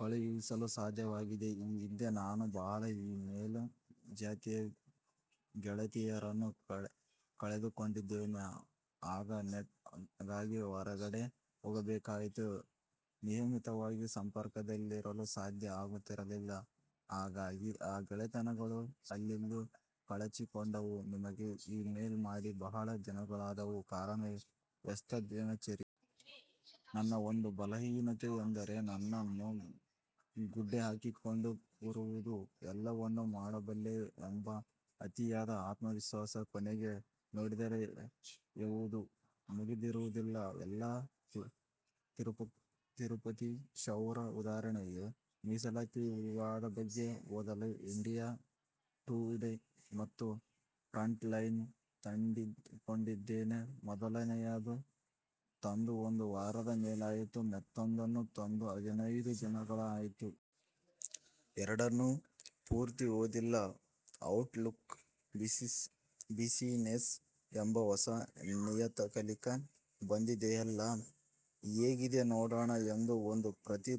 ಕಳುಹಿಸಲು ಸಾಧ್ಯವಾಗಿದೆ. ಈ ಹಿಂದೆ ನಾನು ಬಹಳ ಈ-ಮೇಲ್ ಗೆಳೆಯ-ಗೆಳತಿಯರನ್ನು ಕಳೆದು ಕೊಂಡಿದ್ದೇನೆ. ಆಗ ನೆಟ್ ಗಾಗಿ ಹೊರಗಡೆ ಹೋಗ ಬೇಕಾಗಿತ್ತು. ನಿಯಮಿತವಾಗಿ ಸಂಪರ್ಕದಲ್ಲಿರಲು ಸಾಧ್ಯ ಆಗುತ್ತಿರಲಿಲ್ಲ. ಹಾಗಾಗಿ ಆ ಗೆಳೆತನಗಳು ಅಲ್ಲಲ್ಲಿ ಕಳಚಿಕೊಂಡವು. ನಿನಗೆ ಈ-ಮೇಲ್ ಮಾಡಿ ಬಹಳ ದಿನಗಳಾದವು. ಕಾರಣ ವ್ಯಸ್ತ ದಿನಚರಿ. ನನ್ನ ಒಂದು ಬಲಹೀನತೆ ಎಂದರೆ ಎಲ್ಲವನ್ನು ಗುಡ್ಡೆ ಹಾಕಿಕೊಂಡು ಕೂರುವುದು. ಎಲ್ಲಾವನ್ನು ಮಾಡಬಲ್ಲೆ ಎಂಬ ಅತಿಯಾದ ಆತ್ಮವಿಶ್ವಾಸ. ಕೊನೆಗೆ ನೋಡಿದರೆ ಯವುದೂ ಮುಗಿದಿರುವುದಿಲ್ಲ. ಎಲ್ಲಾ 'ತಿರುಪತಿ ಕ್ಷೌರ' ಉದಾಹರಣೆಗೆ, ಮಿಸಲಾತಿ ವಿವಾದ ಬಗ್ಗೆ ಓದಲು 'ಇಂಡಿಯ ಟುಡೆ' ಮತ್ತು 'ಫ್ರಂಟ್ ಲೈನ್' ತಂದಿಟ್ಟುಕೊಂಡಿದ್ದೇನೆ. ಮೊದಲನೆಯದು ತಂದು ಒಂದು ವಾರದ ಮೇಲಾಯಿತು ಮತ್ತೊಂದನ್ನು ತಂದು ಹದಿನೈದು ದಿನಗಳ ಮೇಲಾಯಿತು. ಎರಡನ್ನೂ ಪೂರ್ತಿ ಓದಿಲ್ಲ! 'ಔಟ್ ಲುಕ್ ಬಿಸಿನೆಸ್' ಎಂಬ ಹೊಸ ನಿಯತಕಲಿಕ ಬಂದಿದೆಯಲ್ಲ ಹೇಗಿದೆ ನೋಡೋಣ ಎಂದು ಒಂದು ಪ್ರತಿ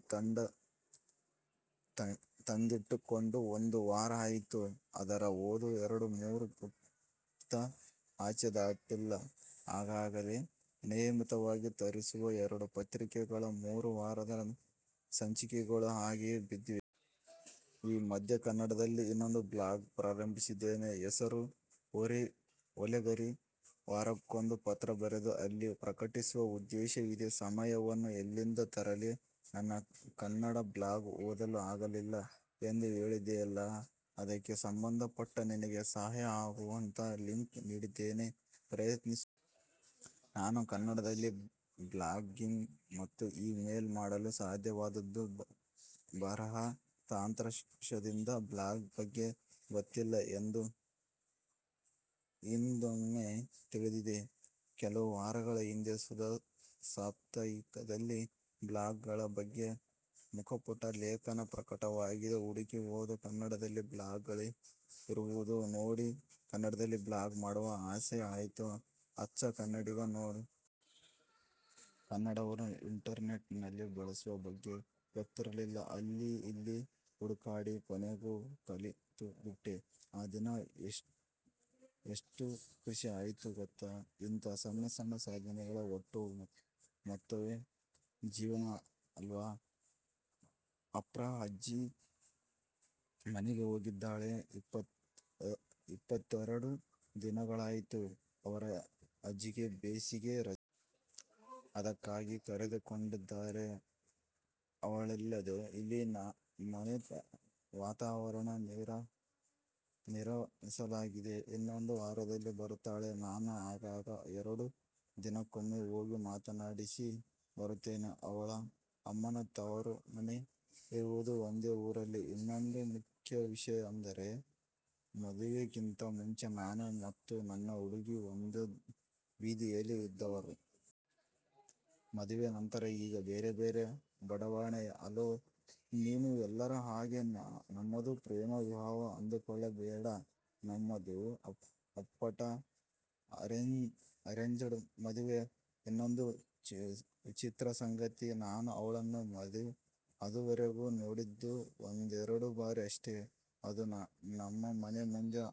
ತಂದ್ದಿಟ್ಟುಕೊಂಡು ಒಂದು ವಾರ ಆಯಿತು, ಅದರ ಓದು ಎರಡು ಮೂರು ಪುಟ್ದ ಆಚೆ ದಾಟಿಲ್ಲ. ಈಗಾಗಲೆ ನಿಯಮಿತವಾಗಿ ತರಿಸುವ ಎರಡು ಪತ್ರಿಕೆಗಳ ಮೂರು ವಾರದ ಸಂಚಿಕೆಗಳು ಹಾಗೆಯೇ ಬಿದ್ದಿವೆ. ಈ ಮಧ್ಯೆ ಕನ್ನಡದಲ್ಲಿ ಇನ್ನೊಂದು ಬ್ಲಾಗ್ ಪ್ರಾರಂಭಿಸಿದ್ದೇನೆ. ಹೆಸರು 'ಓಲೆಗರಿ'. ವಾರಕ್ಕೊಂದು ಪತ್ರ ಬರೆದು ಅಲ್ಲಿ ಪ್ರಕಟಿಸುವ ಉದ್ದೇಶ ಇದೆ. ಸಮಯವನ್ನು ಎಲ್ಲಿಂದ ತರಲಿ? ನನ್ನ ಕನ್ನಡ ಬ್ಲಾಗ್ ಓದಲು ಆಗಲಿಲ್ಲ ಎಂದು ಹೇಳಿದಿಯೆಲ್ಲಾ, ಅದಕ್ಕೆ ಸಂಬಂದಪಟ್ಟ ನಿನಗೆ ಸಹಾಯ ಆಗುವಂತಹ ಲಿಂಕ್ ನೀಡಿದ್ದೇನೆ ಪ್ರಯತ್ನಿಸು. ನಾನು ಕನ್ನಡದಲ್ಲಿ ಬ್ಲಾಗಿಂಗ್ ಮತ್ತು ಈ-ಮೇಲ್ ಮಾಡಲು ಸಾಧ್ಯವಾದದ್ದು 'ಬರಹ' ತಂತ್ರಾಂಶದಿಂದ. ಬ್ಲಾಗ್ ಬಗ್ಗೆ ಗೊತ್ತಿಲ್ಲ ಎಂದು ಹಿಂದೊಮ್ಮೆ ತಿಳಿಸಿದ್ದೆ. ಕೆಲವು ವಾರಗಳ ಹಿಂದೆ 'ಸುಧಾ' ಸಾಪ್ತಾಹಿಕದಲ್ಲಿ ಬ್ಲಾಗ್ ಗಳ ಬಗ್ಗೆ ಮುಖಪುಟ ಲೇಖನ ಪ್ರಕಟವಾಗಿದೆ. ಹುಡುಕಿ ಓದು. ಕನ್ನಡದಲ್ಲಿ ಬ್ಲಾಗ್ ಗಳಿರುವುದು ನೋಡಿ ಕನ್ನಡದಲ್ಲಿ ಬ್ಲಾಗ್ ಮಾಡುವ ಆಸೆ ಆಯಿತು, ಅಚ್ಚ ಕನ್ನಡಿಗ ನೋಡು. ಕನ್ನಡವನ್ನು ಇಂಟರ್ ನೆಟ್ ನಲ್ಲಿ ಬಳಸುವ ಬಗ್ಗೆ ಗೊತ್ತಿರಲಿಲ್ಲ. ಅಲ್ಲಿ ಇಲ್ಲಿ ಹುಡುಕಾಡಿ ಕೊನೆಗೂ ಕಲಿತುಬಿಟ್ಟೆ. ಆ ದಿನ ಎಷ್ತು ಖುಶಿ ಆಯಿತು ಗೊತ್ತಾ ಇಂತಹ ಸಣ್ಣ ಸಣ್ಣ ಸಾಧನೆಗಳ ಒಟ್ಟು ಮೊತ್ತವೇ ಜೀವನ ಅಲ್ವಾ? ಅಫ್ರಾ ಅಜ್ಜಿ ಮನೆಗೆ ಹೋಗಿದ್ದಾಳೆ. ಇಪ್ಪತ್ತೆರಡು ದಿನಗಳಾಯಿತು. ಅವರ ಅಜ್ಜಿಗೆ ಬೇಸಿಗೆ ರಜೆ. ಅದಕ್ಕಾಗಿ ಕರೆದುಕೊಂಡಿದ್ದಾರೆ. ಅವಳಿಲ್ಲದೆ ಇಲ್ಲಿ ಮನೆ ವಾತವರಣ ನೀರಸವಾಗಿದೆ. ಇನ್ನೊದು ವಾರದಲ್ಲಿ ಬರುತ್ತಾಳೆ. ನಾನು ಆಗಾಗ ಎರಡು ದಿನಕ್ಕೊಮ್ಮೆ ಹೋಗಿ ಮಾತಾಡಿಸಿ ಬರುತ್ತೇನೆ. ಅವಳ ಅಮ್ಮನ ತವರು ಮನೆ ಇರುವುದು ಇದೇ ಊರಲ್ಲಿ. ಇನ್ನೊಂದು ಮುಖ್ಯ ವಿಷಯ ಅಂದರೆ ಮದುವೆಗಿಂತ ಮುಂಚೆ ನಾನು ಮತ್ತು ನನ್ನ 'ಹುಡುಗಿ' ಒಂದೇ ಬೀದಿಯಲ್ಲಿ ಇದ್ದವರು. ಮದುವೆ ನಂತರ ಈಗ ಬೇರೆ ಬೇರೆ ಬಡಾವಣೆ. ಹಲೋ, ನೀನೂ ಎಲ್ಲರ ಹಾಗೆ ನಮ್ಮದು ಪ್ರೇಮ ವಿವಾಹ ಅಂದುಕೊಳ್ಳಬೇಡ ನಮ್ಮದು ಅಪ್ಪಟ ಅರೇಂಜ್ದ್ ಮದುವೆ. ಇನ್ನೊಂದು 'ವಿಚಿತ್ರ'ಸಂಗತಿ; ನಾನು ಅವಳನ್ನು ಅದುವರೆಗೂ ನೊಡಿದ್ದು ಒಂದೆರಡು ಬಾರಿ ಅಷ್ಟೆ. ಅದೂ ನಮ್ಮ ಮನೆ ಮುಂದೆ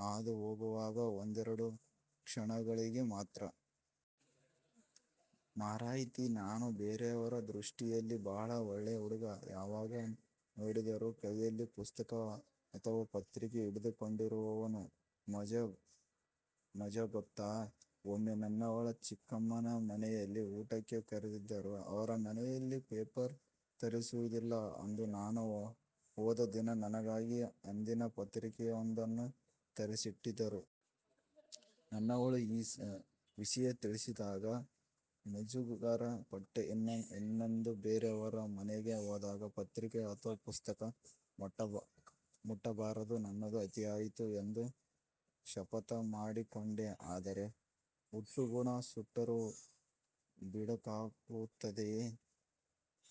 ಹಾದು ಹೊಗುವಾಗ ಒಂದೆರಡು ಕ್ಷಣಗಳಿಗೆ ಮಾತ್ರ. ಮಾರಾಯಿತಿ ನಾನು ಬೇರೆಯವರ ದೃಷ್ಟಿಯಲ್ಲಿ 'ಬಹಳ ಒಳ್ಳೆ ಹುಡುಗ'. ಯಾವಾಗ ನೋಡಿದರೂ ಕೈಯಲ್ಲಿ ಪುಸ್ತಕ ಅಥವ ಪತ್ರಿಕೆ ಹಿಡಿದುಕೊಂಡಿರುವವನು ಮಜಾ ಗೊತ್ತಾ? ಒಮ್ಮೆ ನನ್ನವಳ ಚಿಕ್ಕಮ್ಮನ ಮನೆಯಲ್ಲಿ ಊಟಕ್ಕೆ ಕರೆದಿದ್ದರು. ಅವರ ಮನೆಯಲ್ಲಿ ಪೇಪರ್ ತರಿಸುವುದಿಲ್ಲ. ಅಂದು ನಾನು ಹೋದ ದಿನ ನನಗಾಗಿ ಅಂದಿನ ದಿನಪತ್ರಿಕೆಯೊಂದನ್ನು ತರಿಸಿಟ್ಟಿದ್ದರು. ನನ್ನವಳು ಈ ವಿಷಯ ತಿಳಿಸಿದಾಗ ಮುಜುಗರ ಪಟ್ಟೆ. ಇನ್ನೆಂದೂ ಬೇರೆಯವರ ಮನೆಗೆ ಹೋದಾಗ ಪತ್ರಿಕೆ ಅಥವ ಪುಸ್ತಕ ಮುಟ್ಟಬಾರದು, ನನ್ನದು ಅತಿಯಾಯಿತು ಎಂದು ಶಪಥ ಮಾಡಿಕೊಂಡೆ. ಆದರೆ ಹುಟ್ಟುಗುಣ ಸುಟ್ಟರೂ ಬಿಡಕಾಗುತ್ತದೆಯೇ?